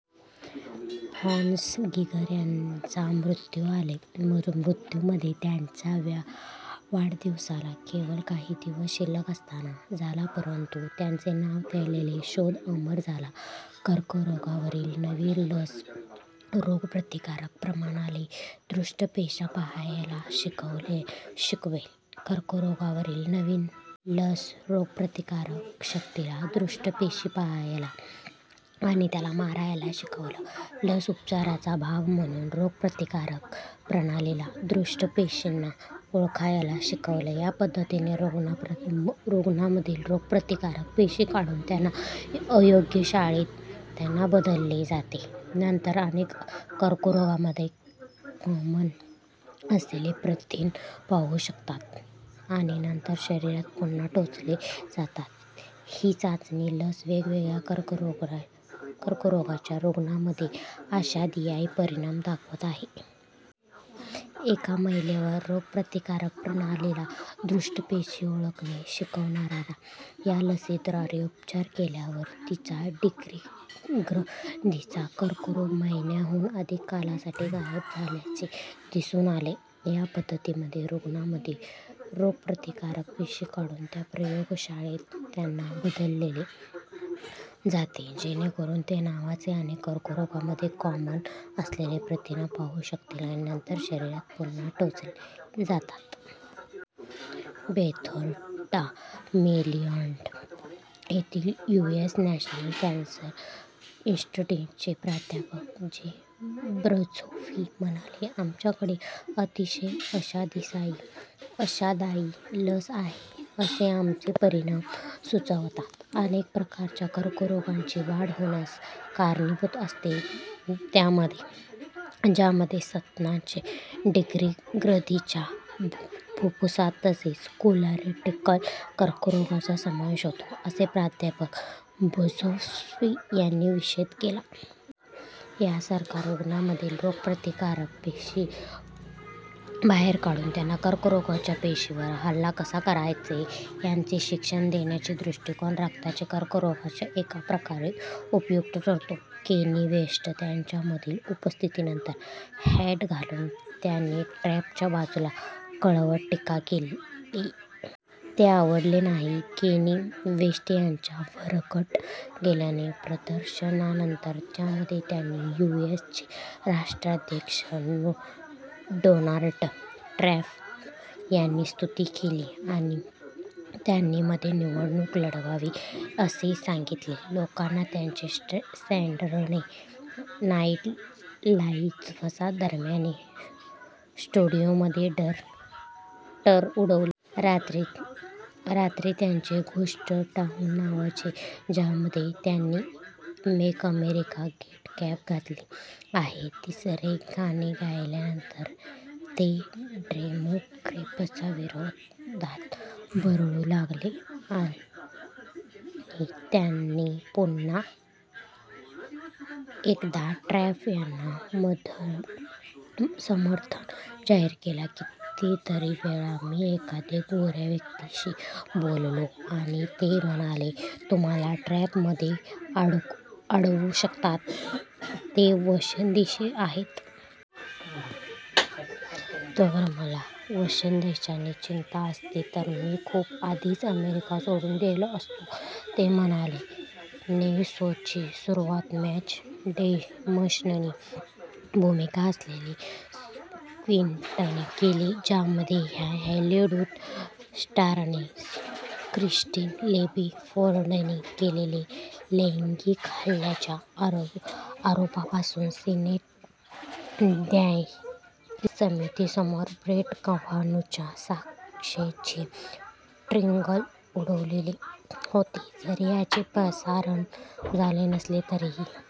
" "Hans" Geiger यांचा मृत्यू मध्ये, त्यांच्या व्या वाढदिवसाला केवळ काही दिवस शिल्लक असताना झाला. परंतु त्यांचे नाव ल्यालेला शोध अमर झाला. कर्करोगावरील नवीन लस रोगप्रतिकारक प्रणालीला दुष्ट पेशी 'पहायला' शिकवेल कर्करोगावरील नवीन लस रोगप्रतिकारक शक्तीला दुष्ट पेशी 'पहायला' आणि त्यांना मारायला शिकवेल लस उपचाराचा भाग म्हणून रोगप्रतिकारक प्रणालीला दुष्ट पेशींना ओळखायला शिकवते या पद्धतीमध्ये रूग्णांमधील रोगप्रतिकारक पेशी काढून त्यांना प्रयोगशाळेत त्यांना बदलले जाते ते नंतर अनेक कर्करोगांमध्ये कॉमन असलेले प्रथिन 'पाहू' शकतात आणि नंतर शरीरात पुन्हा टोचले जातात ही चाचणी लस वेगवेगळ्या कर्करोगांच्या रूग्णांमध्ये आशादायी परिणाम दाखवत आहे. एका महिलेवर रोगप्रतिकारक प्रणालीला दुष्ट पेशी ओळखणे शिकवणाऱ्या या लसीद्वारे उपचार केल्यावर तिचा डिंबग्रंथिंचा कर्करोग महिन्यांहून अधिक काळासाठी गायब झाल्याचे दिसून आले. या पद्धतीमध्ये रूग्णांमधील रोगप्रतिकारक पेशी काढून त्यांना प्रयोगशाळेत त्यांना बदलले जाते जेणेकरून ते नावाचे, अनेक कर्करोगांमध्ये कॉमन असलेले प्रथिन "पाहू" शकतील आणि नंतर शरीरात पुन्हा टोचले जातात. बेथेस्डा, मेरीलँड येथील युएस नॅशनल कॅसर इंस्टिट्यूटचे प्राध्यापक जे बर्झोफ्स्की म्हणाले: "आमच्याकडे अतिशय आशादायी लस आहे असे आमचे परिणाम सुचवतात. " "अनेक प्रकारच्या कर्करोगाची वाढ होण्यास कारणीभूत असते," ज्यामध्ये स्तनाच्या, डिंबग्रंथिच्या, फुफ्फुसांच्या तसेच कोलोरेक्टल कर्करोगांचा समावेश होतो, असे प्राध्यापक बर्झोफ्स्की यांनी विशद केले. यासारखाच, रूग्णांमधून रोगप्रतिकारक पेशी बाहेर काढून त्यांना कर्करोगाच्या पेशींवर हल्ला कसा करायचा याचे "शिक्षण" देण्याचा दृष्टीकोन रक्ताच्या कर्करोगाच्या एका प्रकारात उपयुक्त ठरतो. केनी वेस्ट त्यांच्या मधील उपस्थितीनंतर हॅट घालून त्यांनी ट्रंपच्या-बाजुने कडवट टीका केली. ते आवडले नाही केनी वेस्ट यांच्या भरकटत गेलेल्या प्रदर्शनानंतर ज्यामध्ये त्यांनी यु. एस. चे राष्ट्राध्यक्ष डोनाल्ड ट्रंप यांची स्तुती केली आणि त्यांनी मध्ये निवडणूक लढवावी असे सांगितले, लोकांनी त्यांची सॅटरडे नाईट लाइव्हच्या दरम्यान स्टुडिओमध्ये टर उडवली. रात्री त्यांचे घोस्ट टाउन नावाचे ज्यामध्ये त्यांनी मेक अमेरिका ग्रेट कॅप घातली आहे, तिसरे गाणे गायल्यानंतर ते डेमॉक्रॅट्सच्या विरोधात बरळू लागले आणि त्यांनी पुन्हा एकदा ट्रंप यांना समर्थन जाहिर केले. "कितीतरी वेळा मी एखाद्या गोऱ्या व्यक्तीशी बोललो आणि ते म्हणाले: "तुम्हाला ट्रंप कसे आवडू शकतात, ते वंशद्वेशी आहेत? " तर, मला वंशद्वेशाची चिंता असती तर मी खूप आधीच अमेरिका सोडून गेलो असतो," ते म्हणाले. ने शोची सुरुवात मॅट डेमनची भूमिका असलेल्या स्कीटने केली ज्यामध्ये या हॉलिवूड स्टारने क्रिस्टिन ब्लेसी फोर्डने केलेल्या लैंगिक हल्ल्याच्या आरोपांसाठी सिनेट न्यायिक समितीसमोरील ब्रेट कवानुच्या साक्षेची टिंगल उडवली होती. जरी याचे प्रसारण झाले नसले तरीही